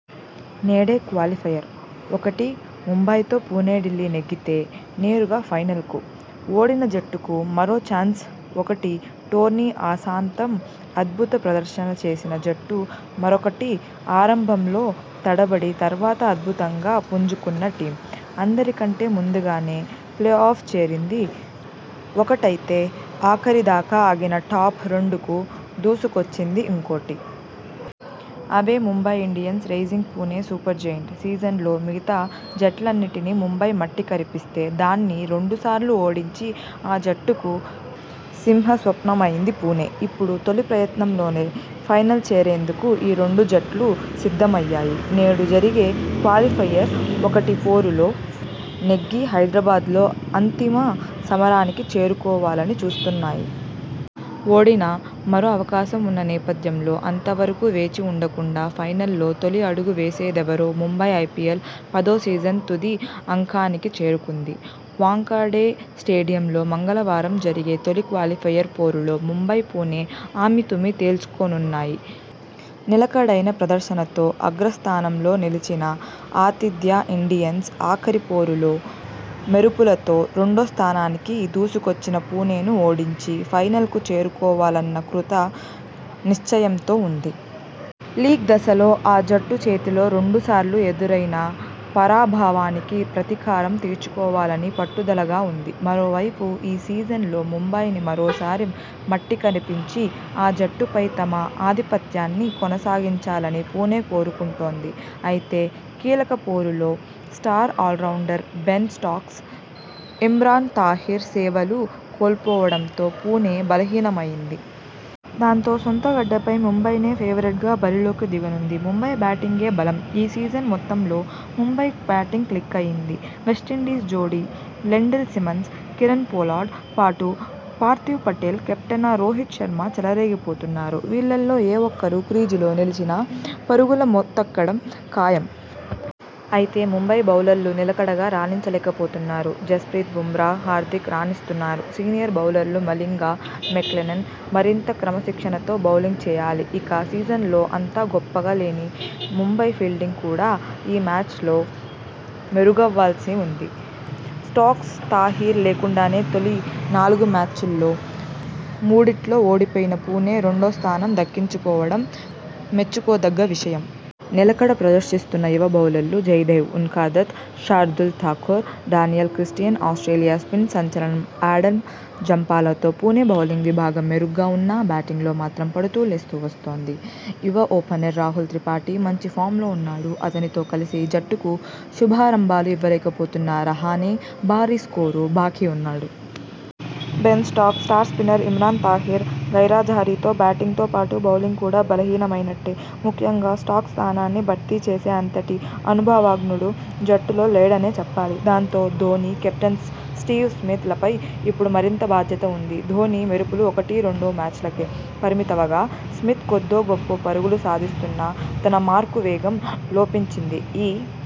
నేడే క్వాలిఫయర్-ఒకటి ముంబైతో పుణె ఢిల్లీ నెగ్గితే నేరుగా ఫైనల్కు ఓడిన జట్టుకు మరో చాన్స్ఒకటి టోర్నీ ఆసాంతం అద్భుత ప్రదర్శన చేసిన జట్టు మరొకటి ఆరంభంలో తడబడి తర్వాత అద్భుతంగా పుంజుకున్న టీమ్! అందరికంటే ముందుగానే ప్లే ఆఫ్ చేరింది ఒకటైతే ఆఖరి దాకా ఆగినా టాప్-రెండుకు దూసుకొచ్చింది ఇంకోటి! అవే Mumbai Indians, Rising Pune Supergiant! సీజన్లో మిగతా జట్లన్నింటినీ ముంబై మట్టి కరిపిస్తే దాన్ని రెండు సార్లూ ఓడించి ఆ జట్టుకు సింహస్వప్నమైంది పుణె! ఇప్పుడు తొలి ప్రయత్నంలోనే ఫైనల్ చేరేందుకు ఈ రెండు జట్లూ సిద్ధమయ్యాయి! నేడు జరిగే క్వాలిఫయర్-ఒకటి పోరులో నెగ్గి హైదరాబాద్లో అంతిమ సమరానికి చేరుకోవాలని చూస్తున్నాయి! ఓడినా మరో అవకాశం ఉన్న నేపథ్యంలో అంతవరకూ వేచి ఉండకుండా ఫైనల్లో తొలి అడుగు వేసేదెవరో ముంబై ఐపీఎల్ పదో సీజన్ తుది అంకానికి చేరుకుంది. వాంఖడే స్టేడియంలో మంగళవారం జరిగే తొలి క్వాలిఫయర్ పోరులో ముంబై, పుణె అమీతుమీ తేల్చుకోనున్నాయి. నిలకడైన ప్రదర్శనతో అగ్రస్థానంలో నిలిచిన ఆతిథ్య ఇండియన్స్ ఆఖరి పోరులో మెరుపులతో రెండో స్థానానికి దూసుకొచ్చిన పుణెను ఓడించి ఫైనల్కు చేరుకోవాలన్న కృత నిశ్చయంతో ఉంది. లీగ్ దశలో ఆ జట్టు చేతిలో రెండు సార్లు ఎదురైన పరాభవానికి ప్రతీకారం తీర్చుకోవాలని పట్టుదలగా ఉంది. మరోవైపు ఈ సీజన్ లో ముంబైని మరోసారి మట్టికరిపించి ఆ జట్టుపై తమ ఆధిపత్యాన్ని కొనసాగించాలని పుణె కోరుకుంటోంది. అయితే, కీలక పోరులో star allrounder Ben Stokes, Imran Tahir సేవలు కోల్పోవడంతో పుణె బలహీనమైంది. దాంతో, సొంతగడ్డపై ముంబైనే ఫేవరెట్గా బరిలోకి దిగనుంది. ముంబై బ్యాటింగే బలం ఈ సీజన్ మొత్తంలో ముంబై బ్యాటింగ్ క్లిక్ అయింది. వెస్టిండీస్ జోడీ లెండిల్ సిమన్స్, కీరన్ పొలార్డ్ పాటు పార్థివ్ పటేల్, కెప్టెన రోహిత్ శర్మ చెలరేగిపోతున్నారు. వీళ్లలో ఏ ఒక్కరు క్రీజులో నిలిచినా పరుగుల మోతెక్కడం ఖాయం. అయితే, ముంబై బౌలర్లు నిలకడగా రాణించలేకపోతున్నారు. జస్ప్రీత్ బుమ్రా, హార్దిక్ రాణిస్తున్నారు. సీనియర్ బౌలర్లు మలింగ, మెక్లెన్గన్ మరింత క్రమశిక్షణతో బౌలింగ్ చేయాలి. ఇక, సీజన్లో అంత గొప్పగా లేని ముంబై ఫీల్డింగ్ కూడా ఈ మ్యాచ్లో మెరుగవ్వాల్సి ఉంది. స్టాక్స్, తాహిర్ లేకుండానే తొలి నాలుగు మ్యాచ్ ల్లో మూడింట్లో ఓడిపోయిన పుణె రెండో స్థానం దక్కించుకోవడం మెచ్చుకోదగ్గ విషయం. నిలకడ ప్రదర్శిస్తున్న యువ బౌలర్లు Jaydev Unadkat, Shardul Thakur, Daniel Christian Australia spin సంచలనం ఆడమ్ జంపాలతో పుణె బౌలింగ్ విభాగం మెరుగ్గా ఉన్నా, బ్యాటింగ్లో మాత్రం పడుతూ లేస్తూ వస్తోంది. యువ ఓపెనర్ రాహుల్ త్రిపాఠి మంచి ఫామ్లో ఉన్నాడు. అతనితో కలిసి జట్టుకు శుభారంభాలు ఇవ్వలేకపోతున్న రహానె భారీస్కోరు బాకీ ఉన్నాడు. Ben Stokes, star spinner Imran Tahir గైర్హాజరీతో బ్యాటింగ్తో పాటు బౌలింగ్ కూడా బలహీనమైనట్టే. ముఖ్యంగా స్టాక్స్ స్థానాన్ని భర్తీ చేసే అంతటి అనుభవజ్ఞుడు జట్టులో లేడనే చెప్పాలి. దాంతో, ధోనీ, కెప్టెన్ స్టివ్ స్మిత్ లపై ఇప్పుడు మరింత బాధ్యత ఉంది. ధోనీ మెరుపులు ఒకటి రెండు మ్యాచ్ లకే పరిమితవగా స్మిత్ కొద్దో గొప్పో పరుగులు సాధిస్తున్నా తన మార్కు వేగం లోపించింది. ఈ